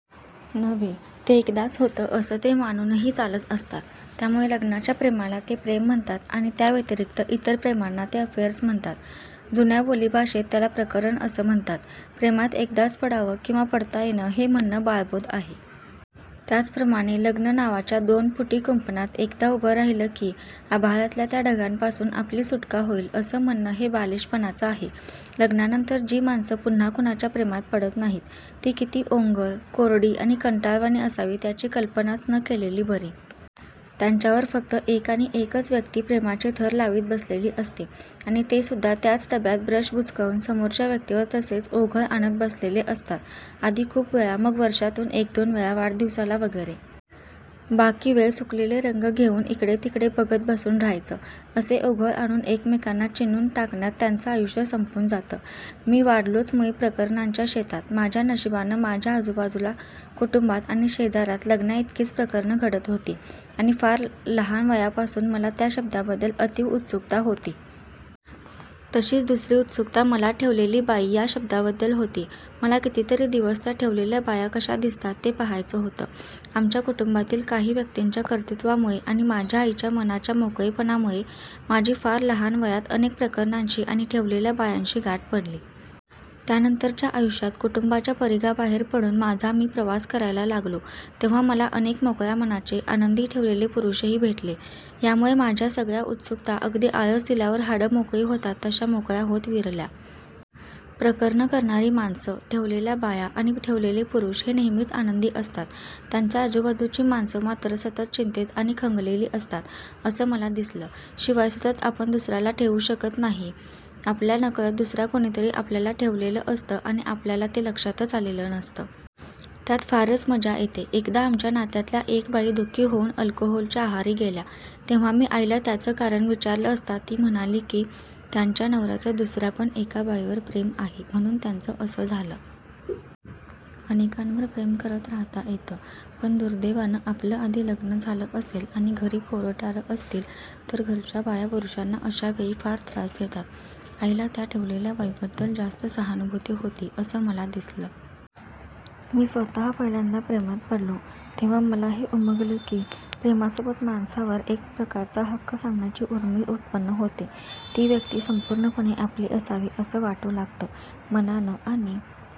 नव्हे, ते एकदाच होतं असं ते मानूनही चालत असतात. त्यामुळे लग्नाच्या प्रेमाला ते प्रेम म्हणतात आणि त्याव्यतिरिक्त इतर प्रेमांना ते अफेअर्स म्हणतात. जुन्या बोली भाषेत त्याला प्रकरण असं म्हणतात. प्रेमात एकदाच पडावं किंवा पडता येतं हे म्हणणं बाळबोध आहे. त्याचप्रमाणे लग्न नावाच्या दोन फुटी कुंपणात एकदा उभं राहिलं की, आभाळातल्या त्या ढगांपासून आपली सुटका होईल असं म्हणणं हे बालीशपणाचं आहे. लग्नानंतर जी माणसं पुन्हा कुणाच्या प्रेमात पडत नाहीत ती किती ओंगळ, कोरडी आणि कंटाळवाणी असावीत याची कल्पनाच न केलेली बरी. त्यांच्यावर फक्त एक आणि एकच व्यक्ती प्रेमाचे थर लावीत बसलेली असते आणि तेसुद्धा त्याच डब्यात ब्रश बुचकळून समोरच्या व्यक्तीवर तसेच ओघळ आणत बसलेले असतात. आधी खूप वेळा, मग वर्षातून एक दोन वेळा वाढदिवसाला वगैरे. बाकी वेळ सुकलेले रंग घेऊन इकडेतिकडे बघत बसून राहायचं. असे ओघळ आणून एकमेकांना चिणून टाकण्यातच त्यांचं आयुष्य संपून जातं. मी वाढलोच मुळी प्रकरणांच्या शेतात. माझ्या नशिबानं माझ्या आजूबाजूला, कुटुंबात आणि शेजारात लग्नांइतकीच प्रकरणं घडत होती आणि फार लहान वयापासून मला त्या शब्दाबद्दल अतीव उत्सुकता होती. तशीच दुसरी उत्सुकता मला ठेवलेली बाई या या शब्दाबद्दल होती. मला कितीतरी दिवस त्या ठेवलेल्या बाया कशा दिसतात ते पाहायचं होतं. आमच्या कुटुंबातील काही व्यक्तींच्या कर्तृत्वामुळे आणि माझ्या आईच्या मनाच्या मोकळेपणामुळे माझी फार लहान वयात अनेक प्रकरणांशी आणि ठेवलेल्या बायांशी गाठ पडली. त्यानंतरच्या आयुष्यात कुटुंबाच्या परिघाबाहेर पडून माझा मी प्रवास करायला लागलो तेव्हा मला अनेक मोकळ्या मनाचे, आनंदी ठेवलेले पुरुषही भेटले. यामुळे माझ्या सगळ्या उत्सुकता अगदी आळस दिल्यावर हाडं मोकळी होतात तशा मोकळ्या होत विरल्या. प्रकरणं करणारी माणसं, ठेवलेल्या बाया आणि ठेवलेले पुरुष हे नेहमीच आनंदी असतात. त्यांच्या आजूबाजूची माणसं मात्र सतत चिंतेत आणि खंगलेली असतात, असं मला दिसलं. शिवाय सतत आपण दुसऱ्याला ठेवू शकत नाही. आपल्या नकळत दुसऱ्या कुणीतरी आपल्याला ठेवलेलं असतं आणि आपल्याला ते लक्षातच आलेलं नसतं. त्यात फारच मजा येते. एकदा आमच्या नात्यातल्या एक बाई दुःखी होऊन अल्कोहोलच्या आहारी गेल्या, तेव्हा मी आईला त्याचं कारण विचारलं असता ती म्हणाली की, त्यांच्या नवऱ्याचं दुसर्यापण एका बाईवर प्रेम आहे म्हणून त्यांचं असं झालं. अनेकांवर प्रेम करत राहता येतं. पण दुर्दैवानं आपलं आधी लग्न झालं असेल आणि घरी पोरंटोरं असतील तर घरच्या बाया पुरुषांना अशावेळी फार त्रास देतात. आईला त्या ठेवलेल्या बाईबद्दल जास्त सहानुभूती होती असं मला दिसलं. मी स्वतः पहिल्यांदा प्रेमात पडलो तेव्हा मला हे उमगलं की, प्रेमासोबत माणसावर एक प्रकारचा हक्क सांगण्याची ऊर्मी उत्पन्न होते. ती व्यक्ती संपूर्णपणे आपली असावी असं वाटू लागतं, मनानं आणि